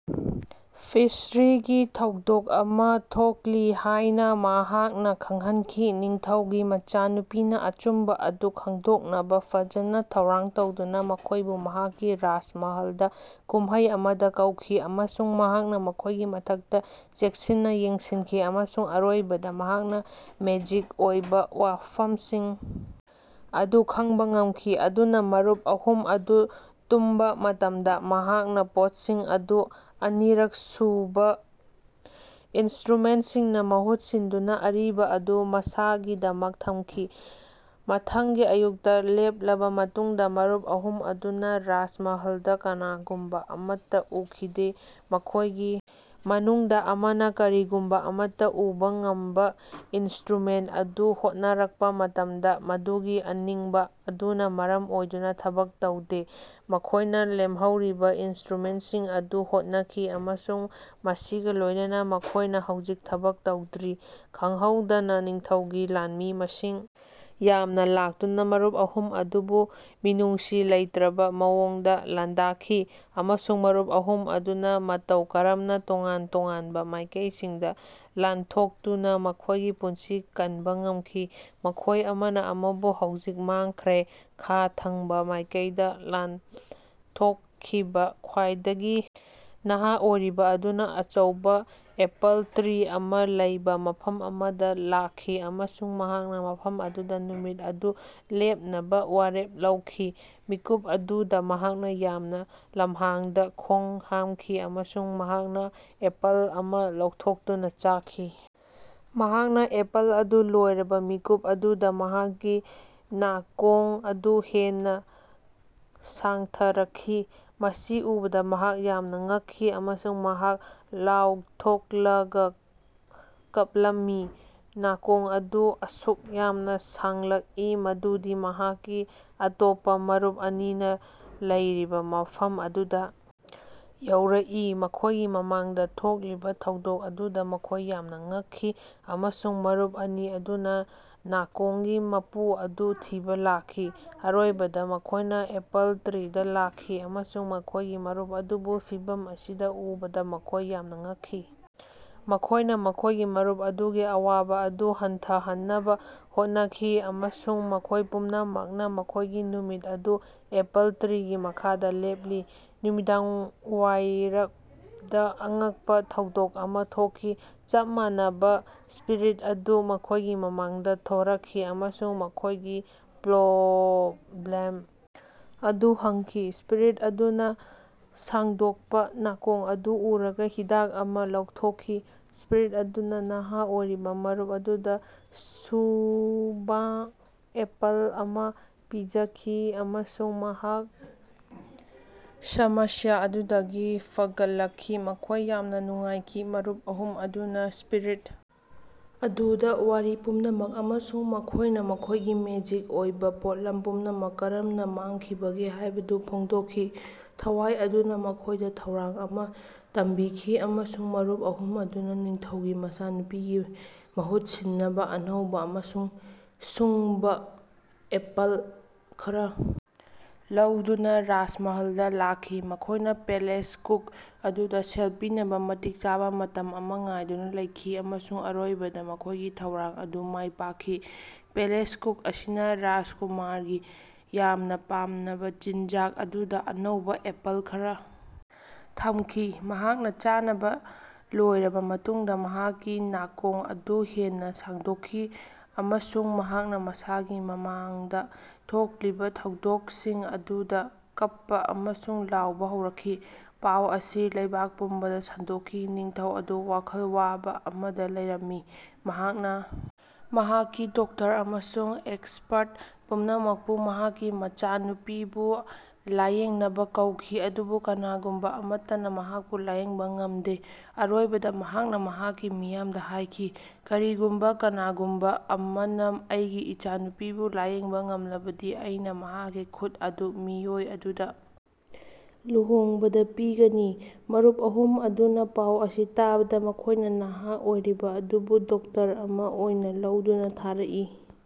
ꯐꯤꯁꯔꯤꯒꯤ ꯊꯧꯗꯣꯛ ꯑꯃꯥ ꯊꯣꯛꯂꯤ ꯍꯥꯏꯅꯥ ꯃꯍꯥꯛꯅꯥ ꯈꯟꯈꯤ꯫ ꯅꯤꯡꯊꯧꯒꯤ ꯃꯆꯥꯅꯨꯄꯤꯅꯥ ꯑꯆꯨꯝꯕꯥ ꯑꯗꯨ ꯈꯪꯗꯣꯛꯅꯕꯥ ꯐꯖꯅꯥ ꯊꯧꯔꯥꯡ ꯇꯧꯗꯨꯅꯥ ꯃꯈꯣꯏꯕꯨ ꯃꯍꯥꯛꯀꯤ ꯔꯥꯖꯃꯍꯜꯗꯥ ꯀꯨꯝꯃꯩ ꯑꯃꯗꯥ ꯀꯧꯈꯤ꯫ ꯑꯃꯁꯨꯡ ꯃꯍꯥꯛꯅꯥ ꯃꯈꯣꯏꯒꯤ ꯃꯊꯛꯇꯥ ꯆꯦꯛꯁꯤꯟꯅꯥ ꯌꯦꯡꯁꯤꯟꯈꯤ ꯑꯃꯁꯨꯡ ꯑꯔꯣꯏꯕꯗꯥ ꯃꯍꯥꯛꯅꯥ ꯃꯦꯖꯤꯛ ꯑꯣꯏꯕꯥ ꯋꯥꯐꯝꯁꯤꯡ ꯑꯗꯨ ꯈꯪꯕꯥ ꯉꯝꯈꯤ꯫ ꯑꯗꯨꯅꯥ ꯃꯔꯨꯞ ꯑꯍꯨꯝ ꯑꯗꯨ ꯇꯨꯝꯕꯥ ꯃꯇꯝꯗꯥ ꯃꯍꯥꯛꯅꯥ ꯄꯣꯠꯁꯤꯡ ꯑꯗꯨ ꯑꯅꯤꯔꯛ ꯁꯨꯕꯥ ꯏꯅꯁ꯭ꯇꯔꯨꯃꯦꯟꯠꯁꯤꯡꯅꯥ ꯃꯍꯨꯠ ꯁꯤꯟꯗꯨꯅꯥ ꯑꯔꯤꯕꯥ ꯑꯗꯨ ꯃꯁꯥꯒꯤꯗꯃꯛ ꯊꯝꯈꯤ꯫ ꯃꯊꯪꯒꯤ ꯑꯌꯨꯛꯇꯥ ꯂꯦꯞꯂꯕꯥ ꯃꯇꯨꯡꯗꯥ ꯃꯔꯨꯞ ꯑꯍꯨꯝ ꯑꯗꯨꯅꯥ ꯔꯥꯖꯃꯍꯜꯗꯥ ꯀꯅꯥꯒꯨꯝꯕꯥ ꯑꯃꯠꯇꯥ ꯎꯈꯤꯗꯦ꯫ ꯃꯈꯣꯏꯒꯤ ꯃꯅꯨꯡꯗꯥ ꯑꯃꯅꯥ ꯀꯔꯤꯒꯨꯝꯕꯥ ꯑꯃꯠꯇꯥ ꯎꯕꯥ ꯉꯝꯕꯥ ꯏꯅꯁ꯭ꯇꯔꯨꯃꯦꯟꯠ ꯑꯗꯨ ꯍꯣꯠꯅꯔꯛꯄꯥ ꯃꯇꯝꯗꯥ ꯃꯗꯨꯒꯤ ꯑꯅꯤꯡꯕꯥ ꯑꯗꯨꯅꯥ ꯃꯔꯝ ꯑꯣꯏꯗꯨꯅꯥ ꯊꯕꯛ ꯇꯧꯗꯦ꯫ ꯃꯈꯣꯏꯅꯥ ꯂꯦꯝꯍꯧꯔꯤꯕꯥ ꯏꯅꯁ꯭ꯇꯔꯨꯃꯦꯟꯠꯁꯤꯡ ꯑꯗꯨ ꯍꯣꯠꯅꯈꯤ ꯑꯃꯁꯨꯡ ꯃꯁꯤꯒꯥ ꯂꯣꯏꯅꯅꯥ ꯃꯈꯣꯏꯅꯥ ꯍꯧꯖꯤꯛ ꯊꯕꯛ ꯇꯧꯗ꯭ꯔꯤ꯫ ꯈꯪꯍꯧꯗꯅꯥ ꯅꯤꯡꯊꯧꯒꯤ ꯂꯥꯟꯃꯤ ꯃꯁꯤꯡ ꯌꯥꯝꯅꯥ ꯂꯥꯛꯇꯨꯅꯥ ꯃꯔꯨꯞ ꯑꯍꯨꯝ ꯑꯗꯨꯕꯨ ꯃꯤꯅꯨꯡꯁꯤ ꯂꯩꯇ꯭ꯔꯕꯥ ꯃꯑꯣꯡꯗꯥ ꯂꯥꯟꯗꯥꯈꯤ ꯑꯃꯁꯨꯡ ꯃꯔꯨꯞ ꯑꯍꯨꯝ ꯑꯗꯨꯅꯥ ꯃꯇꯧ ꯀꯔꯝꯅꯥ ꯇꯣꯉꯥꯟ ꯇꯣꯉꯥꯟꯕꯥ ꯃꯥꯏꯀꯩꯁꯤꯡꯗꯥ ꯂꯥꯟꯊꯣꯛꯇꯨꯅꯥ ꯃꯈꯣꯏꯒꯤ ꯄꯨꯟꯁꯤ ꯀꯟꯕꯥ ꯉꯝꯈꯤ꯫ ꯃꯈꯣꯏ ꯑꯃꯅꯥ ꯑꯃꯕꯨ ꯍꯧꯖꯤꯛ ꯃꯥꯡꯈ꯭ꯔꯦ꯫ ꯈꯥ ꯊꯪꯕꯥ ꯃꯥꯏꯀꯩꯗꯥ ꯂꯥꯟꯊꯣꯛꯈꯤꯕꯥ ꯈ꯭ꯋꯥꯏꯗꯒꯤ ꯅꯍꯥ ꯑꯣꯏꯔꯤꯕꯥ ꯑꯗꯨꯅꯥ ꯑꯆꯧꯕꯥ ꯑꯦꯄꯜ ꯇ꯭ꯔꯤ ꯑꯃꯥ ꯂꯩꯕꯥ ꯃꯐꯝ ꯑꯃꯗꯥ ꯂꯥꯛꯈꯤ ꯑꯃꯁꯨꯡ ꯃꯍꯥꯛꯅꯥ ꯃꯐꯝ ꯑꯗꯨꯗꯥ ꯅꯨꯃꯤꯠ ꯑꯗꯨ ꯂꯦꯞꯅꯕꯥ ꯋꯥꯔꯦꯞ ꯂꯧꯈꯤ꯫ ꯃꯤꯀꯨꯞ ꯑꯗꯨꯗꯥ ꯃꯍꯥꯛ ꯌꯥꯝꯅꯥ ꯂꯝꯍꯥꯡꯗꯥ ꯈꯣꯡ ꯍꯥꯝꯈꯤ ꯑꯃꯁꯨꯡ ꯃꯍꯥꯛꯅꯥ ꯑꯦꯄꯜ ꯑꯃꯥ ꯂꯧꯊꯣꯛꯇꯨꯅꯥ ꯆꯥꯈꯤ꯫ ꯃꯍꯥꯛꯅꯥ ꯑꯦꯄꯜ ꯑꯗꯨ ꯂꯣꯏꯔꯕꯥ ꯃꯤꯀꯨꯞ ꯑꯗꯨꯗꯥ ꯃꯍꯥꯛꯀꯤ ꯅꯥꯀꯣꯡ ꯑꯗꯨ ꯍꯦꯟꯅꯥ ꯁꯥꯡꯊꯔꯛꯈꯤ꯫ ꯃꯁꯤ ꯎꯕꯗꯥ ꯃꯍꯥꯛ ꯌꯥꯝꯅꯥ ꯉꯛꯈꯤ ꯑꯃꯁꯨꯡ ꯃꯍꯥꯛ ꯂꯥꯎꯊꯣꯛꯂꯒꯥ ꯀꯞꯂꯝꯃꯤ꯫ ꯅꯥꯀꯣꯡ ꯑꯗꯨ ꯑꯁꯨꯛ ꯌꯥꯝꯅꯥ ꯁꯥꯡꯂꯛꯏ ꯃꯗꯨꯗꯤ ꯃꯍꯥꯛꯀꯤ ꯑꯇꯣꯞꯄꯥ ꯃꯔꯨꯞ ꯑꯅꯤꯅꯥ ꯂꯩꯔꯤꯕꯥ ꯃꯐꯝ ꯑꯗꯨꯗꯥ ꯌꯧꯔꯛꯏ꯫ ꯃꯈꯣꯏꯒꯤ ꯃꯃꯥꯡꯗꯥ ꯊꯣꯛꯂꯤꯕꯥ ꯊꯧꯗꯣꯛ ꯑꯗꯨꯗꯥ ꯃꯈꯣꯏ ꯌꯥꯝꯅꯥ ꯉꯛꯈꯤ ꯑꯃꯁꯨꯡ ꯃꯔꯨꯞ ꯑꯅꯤ ꯑꯗꯨꯅꯥ ꯅꯥꯀꯣꯡꯒꯤ ꯃꯄꯨ ꯑꯗꯨ ꯊꯤꯕꯥ ꯂꯥꯛꯈꯤ꯫ ꯑꯔꯣꯏꯕꯗꯥ ꯃꯈꯣꯏꯅꯥ ꯑꯦꯄꯜ ꯇ꯭ꯔꯤꯗꯥ ꯂꯥꯛꯈꯤ ꯑꯃꯁꯨꯡ ꯃꯈꯣꯏꯒꯤ ꯃꯔꯨꯞ ꯑꯗꯨꯕꯨ ꯐꯤꯚꯝ ꯑꯁꯤꯗꯥ ꯎꯕꯗꯥ ꯃꯈꯣꯏ ꯌꯥꯝꯅꯥ ꯉꯛꯈꯤ꯫ ꯃꯈꯣꯏꯅꯥ ꯃꯈꯣꯏꯒꯤ ꯃꯔꯨꯞ ꯑꯗꯨꯒꯤ ꯑꯋꯥꯕꯥ ꯑꯗꯨ ꯍꯟꯊꯍꯟꯅꯕꯥ ꯍꯣꯠꯅꯈꯤ ꯑꯃꯁꯨꯡ ꯃꯈꯣꯏ ꯄꯨꯝꯅꯃꯛꯅꯥ ꯃꯈꯣꯏꯒꯤ ꯅꯨꯃꯤꯠ ꯑꯗꯨ ꯑꯦꯄꯜ ꯇ꯭ꯔꯤꯒꯤ ꯃꯈꯥꯗꯥ ꯂꯦꯞꯂꯤ꯫ ꯅꯨꯃꯤꯗꯥꯡꯋꯥꯏꯔꯞꯗꯥ ꯑꯉꯛꯄꯥ ꯊꯧꯗꯣꯛ ꯑꯃꯥ ꯊꯣꯛꯈꯤ꯫ ꯆꯞ ꯃꯥꯟꯅꯕꯥ ꯁ꯭ꯄꯤꯔꯤꯠ ꯑꯗꯨ ꯃꯈꯣꯏꯒꯤ ꯃꯃꯥꯡꯗꯥ ꯊꯣꯔꯛꯈꯤ ꯑꯃꯁꯨꯡ ꯃꯈꯣꯏꯒꯤ ꯄ꯭ꯔꯣꯕ꯭ꯂꯦꯝ ꯑꯗꯨ ꯍꯪꯈꯤ꯫ ꯁ꯭ꯄꯤꯔꯤꯠ ꯑꯗꯨꯅꯥ ꯁꯥꯡꯗꯣꯛꯄꯥ ꯅꯥꯀꯣꯡ ꯑꯗꯨ ꯎꯔꯒꯥ ꯍꯤꯗꯥꯛ ꯑꯃꯥ ꯂꯧꯊꯣꯛꯈꯤ꯫ ꯁ꯭ꯄꯤꯔꯤꯠ ꯑꯗꯨꯅꯥ ꯅꯍꯥ ꯑꯣꯏꯔꯤꯕꯥ ꯃꯔꯨꯞ ꯑꯗꯨꯗꯥ ꯁꯨꯡꯕꯥ ꯑꯦꯄꯜ ꯑꯃꯥ ꯄꯤꯖꯈꯤ ꯑꯃꯁꯨꯡ ꯃꯍꯥꯛ ꯁꯃꯁ꯭ꯌꯥ ꯑꯗꯨꯗꯒꯤ ꯐꯒꯠꯂꯛꯈꯤ꯫ ꯃꯈꯣꯏ ꯌꯥꯝꯅꯥ ꯅꯨꯡꯉꯥꯏꯈꯤ꯫ ꯃꯔꯨꯞ ꯑꯍꯨꯝ ꯑꯗꯨꯅꯥ ꯁ꯭ꯄꯤꯔꯤꯠ ꯑꯗꯨꯗꯥ ꯋꯥꯔꯤ ꯄꯨꯝꯅꯃꯛ ꯑꯃꯁꯨꯡ ꯃꯈꯣꯏꯅꯥ ꯃꯈꯣꯏꯒꯤ ꯃꯦꯖꯤꯛ ꯑꯣꯏꯕꯥ ꯄꯣꯠꯂꯝ ꯄꯨꯝꯅꯃꯛ ꯀꯔꯝꯅꯥ ꯃꯥꯡꯈꯤꯕꯒꯦ ꯍꯥꯏꯕꯗꯨ ꯐꯣꯡꯗꯣꯛꯈꯤ꯫ ꯊꯋꯥꯏ ꯑꯗꯨꯅꯥ ꯃꯈꯣꯏꯗꯥ ꯊꯧꯔꯥꯡ ꯑꯃꯥ ꯇꯝꯕꯤꯈꯤ ꯑꯃꯁꯨꯡ ꯃꯔꯨꯞ ꯑꯍꯨꯝ ꯑꯗꯨꯅꯥ ꯅꯤꯡꯊꯧꯒꯤ ꯃꯆꯥꯅꯨꯄꯤꯒꯤ ꯃꯍꯨꯠ ꯁꯤꯟꯅꯕꯥ ꯑꯅꯧꯕꯥ ꯑꯃꯁꯨꯡ ꯁꯨꯡꯕꯥ ꯑꯦꯄꯜ ꯈꯔꯥ ꯂꯧꯗꯨꯅꯥ ꯔꯥꯖꯃꯍꯜꯗꯥ ꯂꯥꯛꯈꯤ꯫ ꯃꯈꯣꯏꯅꯥ ꯄꯦꯂꯦꯁ ꯀꯨꯛ ꯑꯗꯨꯗꯥ ꯁꯦꯜ ꯄꯤꯅꯕꯥ ꯃꯇꯤꯛ ꯆꯥꯕꯥ ꯃꯇꯝ ꯑꯃꯥ ꯉꯥꯏꯗꯨꯅꯥ ꯂꯩꯈꯤ ꯑꯃꯁꯨꯡ ꯑꯔꯣꯏꯕꯗꯥ ꯃꯈꯣꯏꯒꯤ ꯊꯧꯔꯥꯡ ꯑꯗꯨ ꯃꯥꯏ ꯄꯥꯛꯈꯤ꯫ ꯄꯦꯂꯦꯁ ꯀꯨꯛ ꯑꯁꯤꯅꯥ ꯔꯥꯖꯀꯨꯃꯥꯔꯒꯤ ꯌꯥꯝꯅꯥ ꯄꯥꯝꯅꯕꯥ ꯆꯤꯟꯖꯥꯛ ꯑꯗꯨꯗꯥ ꯑꯅꯧꯕꯥ ꯑꯦꯄꯜ ꯈꯔꯥ ꯊꯝꯈꯤ꯫ ꯃꯍꯥꯛꯅꯥ ꯆꯥꯅꯕꯥ ꯂꯣꯏꯔꯕꯥ ꯃꯇꯨꯡꯗꯥ ꯃꯍꯥꯛꯀꯤ ꯅꯥꯀꯣꯡ ꯑꯗꯨ ꯍꯦꯟꯅꯥ ꯁꯥꯡꯗꯣꯛꯈꯤ ꯑꯃꯁꯨꯡ ꯃꯍꯥꯛꯅꯥ ꯃꯁꯥꯒꯤ ꯃꯃꯥꯡꯗꯥ ꯊꯣꯛꯂꯤꯕꯥ ꯊꯧꯗꯣꯛꯁꯤꯡ ꯑꯗꯨꯗꯥ ꯀꯞꯄꯥ ꯑꯃꯁꯨꯡ ꯂꯥꯎꯕꯥ ꯍꯧꯔꯛꯈꯤ꯫ ꯄꯥꯎ ꯑꯁꯤ ꯂꯩꯕꯥꯛ ꯄꯨꯝꯕꯗꯥ ꯁꯟꯗꯣꯛꯈꯤ꯫ ꯅꯤꯡꯊꯧ ꯑꯗꯨ ꯋꯥꯈꯜ ꯋꯥꯕꯥ ꯑꯃꯗꯥ ꯂꯩꯔꯝꯃꯤ꯫ ꯃꯍꯥꯛꯅꯥ ꯃꯍꯥꯛꯀꯤ ꯗꯣꯛꯇꯔ ꯑꯃꯁꯨꯡ ꯑꯦꯛꯁꯄꯔꯠ ꯄꯨꯝꯅꯃꯛꯄꯨ ꯃꯍꯥꯛꯀꯤ ꯃꯆꯥꯅꯨꯄꯤꯕꯨ ꯂꯥꯌꯦꯡꯅꯕꯥ ꯀꯧꯈꯤ ꯑꯗꯨꯕꯨ ꯀꯅꯥꯒꯨꯝꯕꯥ ꯑꯃꯠꯇꯅꯥ ꯃꯍꯥꯛꯄꯨ ꯂꯥꯌꯦꯡꯕꯥ ꯉꯝꯗꯦ꯫ ꯑꯔꯣꯏꯕꯗꯥ ꯃꯍꯥꯛꯅꯥ ꯃꯍꯥꯛꯀꯤ ꯃꯤꯌꯥꯝꯗꯥ ꯍꯥꯏꯈꯤ ꯀꯔꯤꯒꯨꯝꯕꯥ ꯀꯅꯥꯒꯨꯝꯕꯥ ꯑꯃꯅꯥ ꯑꯩꯒꯤ ꯏꯆꯥꯅꯨꯄꯤꯕꯨ ꯂꯥꯌꯦꯡꯕꯥ ꯉꯝꯂꯕꯗꯤ ꯑꯩꯅꯥ ꯃꯍꯥꯛꯀꯤ ꯈꯨꯠ ꯑꯗꯨ ꯃꯤꯑꯣꯏ ꯑꯗꯨꯗꯥ ꯂꯨꯍꯣꯡꯕꯗꯥ ꯄꯤꯒꯅꯤ꯫ ꯃꯔꯨꯞ ꯑꯍꯨꯝ ꯑꯗꯨꯅꯥ ꯄꯥꯎ ꯑꯁꯤ ꯇꯥꯕꯗꯥ ꯃꯈꯣꯏꯅꯥ ꯅꯍꯥ ꯑꯣꯏꯔꯤꯕꯥ ꯑꯗꯨꯕꯨ ꯗꯣꯛꯇꯔ ꯑꯃꯥ ꯑꯣꯏꯅꯥ ꯂꯧꯗꯨꯅꯥ ꯊꯥꯔꯛꯏ꯫